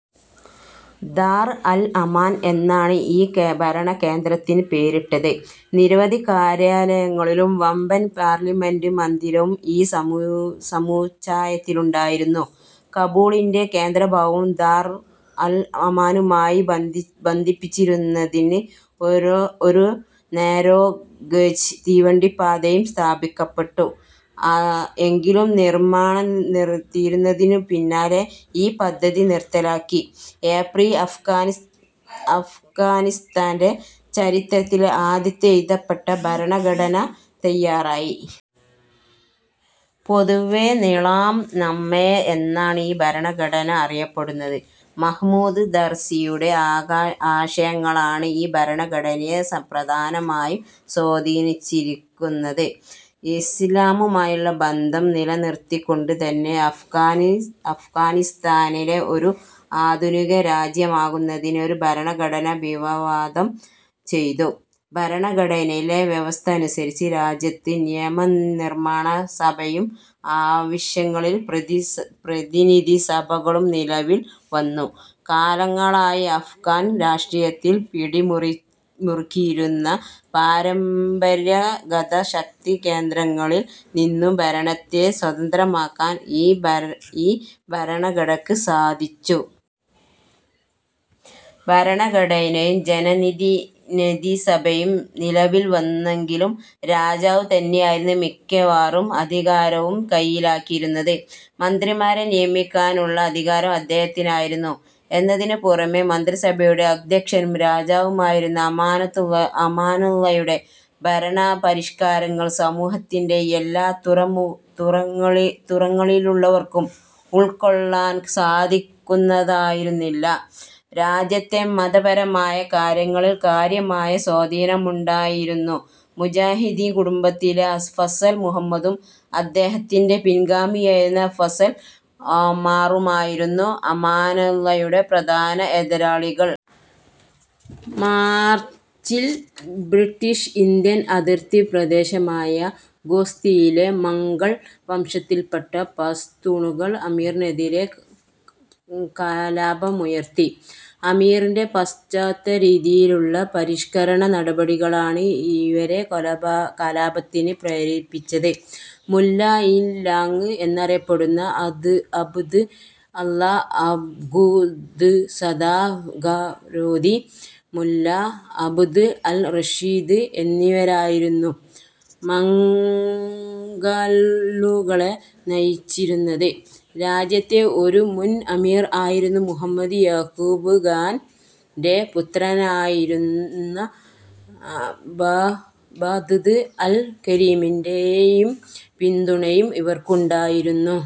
ദാർ അൽ-അമാൻ എന്നാണ് ഈ ഭരണകേന്ദ്രത്തിന് പേരിട്ടത്. നിരവധി കര്യാലയങ്ങളും വമ്പൻ പാർലമെന്റ് മന്ദിരവും ഈ സമുച്ചയത്തിലുണ്ടായിരുന്നു. കാബൂളിന്റെ കേന്ദ്രഭാഗവും ദാർ അൽ അമാനുമായി ബന്ധിപ്പിക്കുന്നതിന് ഒരു നാരോ ഗേജ് തീവണ്ടിപ്പാതയും സ്ഥാപിക്കപ്പെട്ടു. എങ്കിലും നിർമ്മാണം തീർന്നതിനു പിന്നാലെ ഈ പദ്ധതി നിർത്തലാക്കി. ഏപ്രിലിൽ അഫ്ഗാനിസ്താന്റെ ചരിത്രത്തിലെ ആദ്യത്തെ എഴുതപ്പെട്ട ഭരണഘടന തയ്യാറായി. പൊതുവേ നിളാം നാമെ എന്നാണ് ഈ ഭരണഘടന അറിയപ്പെടുന്നത്. മഹ്മൂദ് താർസിയുടെ ആശയങ്ങളാണ് ഈ ഭരണഘടനയെ പ്രധാനമായും സ്വാധീനിച്ചിരിക്കുനന്ത്. ഇസ്ലാമുമായുള്ള ബന്ധം നിലനിർത്തിക്കൊണ്ടുതന്നെ അഫ്ഗാനിസ്താനെ ഒരു ആധുനികരാജ്യമാക്കുന്നതിന് ഈ ഭരണഘടന വിഭാവനം ചെയ്തു. ഭരണഘടനയിലെ വ്യവസ്ഥയനുസരിച്ച് രാജ്യത്ത് നിയമനിർമ്മാണസഭയും, പ്രവിശ്യകളിൽ പ്രതിനിധിസഭകളും നിലവിൽ വന്നു. കാലങ്ങളായി അഫ്ഗാൻ രാഷ്ട്രീയത്തിൽ പിടിമുറുക്കിയിരുന്ന പരമ്പരാഗതശക്തികേന്ദ്രങ്ങളിൽ നിന്നും ഭരണത്തെ സ്വതന്ത്രമാക്കാൻ ഈ ഭരണഘടനക്ക് സാധിച്ചു. ഭരണഘടനയും ജനപ്രതിനിധിസഭയും നിലവിൽ വന്നെങ്കിലും രാജാവ് തന്നെയായിരുന്നു മിക്കവാറും അധികാരവും കൈക്കലാക്കിയിരുന്നത്. മന്ത്രിമാരെ നിയമിക്കാനുള്ള അധികാരം അദ്ദേഹത്തിനായിരുന്നു എന്നതിനു പുറമേ മന്ത്രിസഭയുടെ അദ്ധ്യക്ഷനും രാജാവായിരുന്നു. അമാനുള്ളായുടെ ഭരണപരിഷ്കാരങ്ങൾ സമൂഹത്തിന്റെ എല്ലാ തുറകളിലുള്ളവർക്കും ഉൾക്കൊള്ളാൻ സാധിക്കുന്നതായിരുന്നില്ല. രാജ്യത്തെ മതപരമായ കാര്യങ്ങളിൽ കാര്യമായ സ്വാധീനമുണ്ടായിരുന്ന് മുജദ്ദിദി കുടുംബത്തിലെ ഫസൽ മുഹമ്മദും അദ്ദേഹത്തിന്റെ പിൻഗാമിയായിരുന്ന ഫസൽ ഒമറുമായിരുന്നു അമാനുള്ളായുടെ പ്രധാന എതിരാളികൾ. മാർച്ചിൽ, ബ്രിട്ടീഷ്-ഇന്ത്യ അതിർത്തിപ്രദേശമായ ഖോസ്തിലെ, മംഗൽ വംശത്തിൽപ്പെട്ട പഷ്തൂണുകൾ അമീറിനെതിരെ കലാപമുയർത്തി. അമീറിന്റെ പാശ്ചാത്യരീതിയിലുള്ള പരിഷ്കരണനടപടികളാണ് ഇവരെ കലാപത്തിന് പ്രേരിപ്പിച്ചത്. മുല്ല ഇ ലാങ് എന്നറിയപ്പെട്ടിരുന്ന അബ്ദ് അള്ളാ അഖുന്ദ്സാദാ ഖരോതി, മുല്ല അബ്ദ് അൽ റഷീദ് എന്നിവരായിരുന്നു മംഗലുകളെ നയിച്ചിരുന്നത്. രാജ്യത്തെ ഒരു മുൻ അമീർ ആയിരുന്ന മുഹമ്മദ് യാക്കൂബ് ഖാന്റെ പുത്രനായിരുന്ന അബ്ദ് അൽ കരീമിന്റെ പിന്തുണയും ഇവർക്കുണ്ടായിരുന്നു.